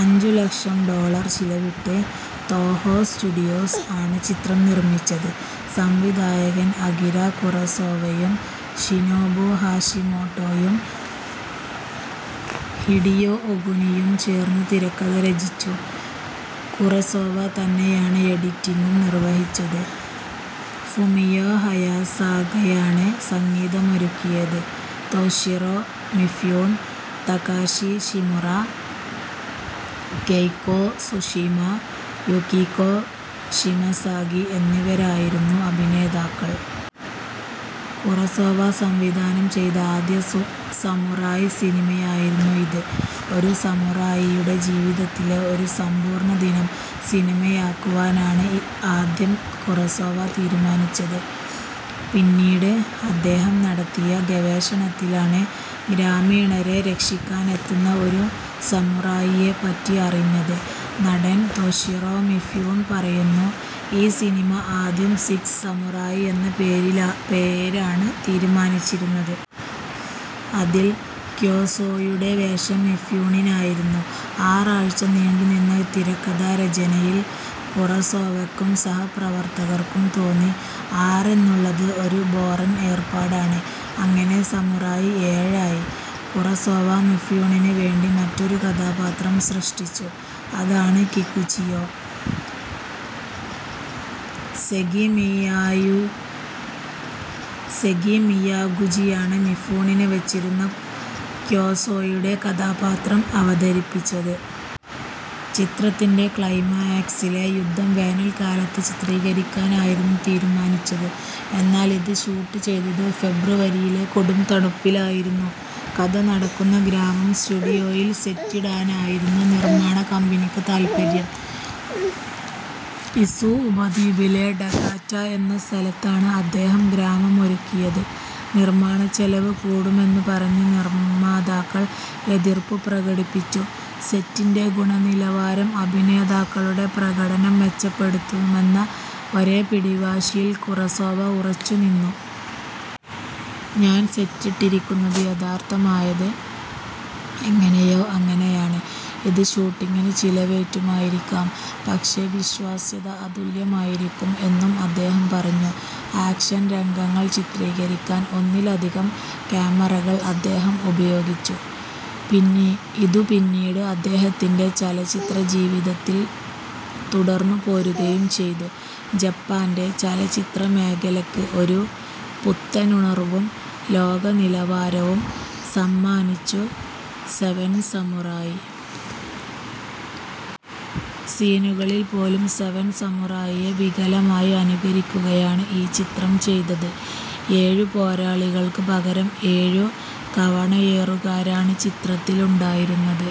അഞ്ചുലക്ഷം ഡോളർ ചിലവിട്ട് Toho studios ആണ് ചിത്രം നിർമിച്ചത്. സംവിധായകൻ അകിര കുറസോവയും ഷിനോബു ഹാഷിമോട്ടോയും ഹിഡിയോ ഒഗുനിയും ചേർന്ന് തിരക്കഥ രചിച്ചു. കുറസോവ തന്നെയാണ് എഡിറ്റിംഗും നിർവഹിച്ചത്. ഫുമിയോ ഹയാസാകയാണ് സംഗീതമൊരുക്കിയത്. Toshiro Mifune, Takashi Shimura, Keiko Tsushima, Yukiko Shimazaki എന്നിവരായിരുന്നു അഭിനേതാക്കൾ. കുറസോവ സംവിധാനം ചെയ്ത ആദ്യ സമുറായ് സിനിമയായിരുന്നു ഇത്. ഒരു സമുറായിയുടെ ജീവിതത്തിലെ ഒരു സമ്പൂർണദിനം സിനിമയാക്കുവാനാണ് ആദ്യം കുറസോവ തീരുമാനിച്ചത്. പിന്നീട് അദ്ദേഹം നടത്തിയ ഗവേഷണത്തിലാണ് ഗ്രാമീണരെ രക്ഷിക്കാനെത്തുന്ന ഒരു സമുറായിയെപ്പറ്റി അറിഞ്ഞത്. നടൻ തോഷിറോ മിഫ്യൂൺ പറയുന്നു: ഈ സിനിമ ആദ്യം സിക്സ് സമുറായി എന്ന പേരാണ് തീരുമാനിച്ചിരുന്നത്. അതിൽ ക്യോസോയുടെ വേഷം മിഫ്യൂണിനായിരുന്നു. ആറാഴ്ച നീണ്ടു നിന്ന തിരക്കഥാ രചനയിൽ കുറസോവയ്ക്കും സഹപ്രവർത്തകർക്കും തോന്നി. ആറെന്നുള്ളത് ഒരു ബോറൻ ഏർപ്പാടാണ്. അങ്ങനെ സമുറായ് ഏഴായി. കുറസോവ മിഫ്യൂണിന് വേണ്ടി മറ്റൊരു കഥാപാത്രം സൃഷ്ടിച്ചു. അതാണ് കികുചിയോ. സെഗി മിയാഗുചിയാണ് മിഫൂണിന് വച്ചിരുന്ന ക്യോസോയുടെ കഥാപാത്രം അവതരിപ്പിച്ചത്. ചിത്രത്തിന്റെ ക്ലൈമാക്സിലെ യുദ്ധം വേനൽക്കാലത്ത് ചിത്രീകരിക്കാനായിരുന്നു തീരുമാനിച്ചത്. എന്നാൽ, ഇത് ഷൂട്ട് ചെയ്തത് ഫെബ്രുവരിയിലെ കൊടുംതണുപ്പിലായിരുന്നു. കഥ നടക്കുന്ന ഗ്രാമം സ്റ്റുഡിയോയിൽ സെറ്റിടാനായിരുന്നു നിർമ്മാണകമ്പനിയ്ക്ക് താൽപര്യം. ഇസു ഉപദ്വീപിലെ ടഗാറ്റ എന്ന സ്ഥലത്താണ് അദ്ദേഹം ഗ്രാമമൊരുക്കിയത്. നിർമ്മാണചെലവ് കൂടുമെന്നു പറഞ്ഞ് നിർമാതാക്കൾ എതിർപ്പു പ്രകടിപ്പിച്ചു. സെറ്റിന്റെ ഗുണനിലവാരം അഭിനേതാക്കളുടെ പ്രകടനം മെച്ചപ്പെടുത്തുമെന്ന ഒരേ പിടിവാശിയിൽ കുറസോവ ഉറച്ചു നിന്നു. ഞാൻ സെറ്റിട്ടിരിക്കുന്നത് യഥാർഥമായത് എങ്ങനെയോ അങ്ങനെയാണ്. ഇത് ഷൂട്ടിംഗിന് ചിലവേറ്റുമായിരിക്കാം. പക്ഷേ, വിശ്വാസ്യത അതുല്യമായിരിക്കും എന്നും അദ്ദേഹം പറഞ്ഞു. ആക്ഷൻ രംഗങ്ങൾ ചിത്രീകരിക്കാൻ ഒന്നിലധികം കാമറകൾ അദ്ദേഹം ഉപയോഗിച്ചു. ഇതു പിന്നീട് അദ്ദേഹത്തിന്റെ ചലച്ചിത്രജീവിതത്തിൽ തുടർന്നു പോരുകയും ചെയ്തു. ജപ്പാന്റെ ചലച്ചിത്ര മേഖലയ്ക്ക് ഒരു പുത്തനുണർവും ലോകനിലവാരവും സമ്മാനിച്ചു സെവൻസമുറായി. സീനുകളിൽപ്പോലും സെവൻസമുറായിയെ വികലമായി അനുകരിക്കുകയാണ് ഈ ചിത്രം ചെയ്തത്. ഏഴുപോരാളികൾക്ക് പകരം ഏഴു കവണയേറുകാരാണ് ചിത്രത്തിലുണ്ടായിരുന്നത്.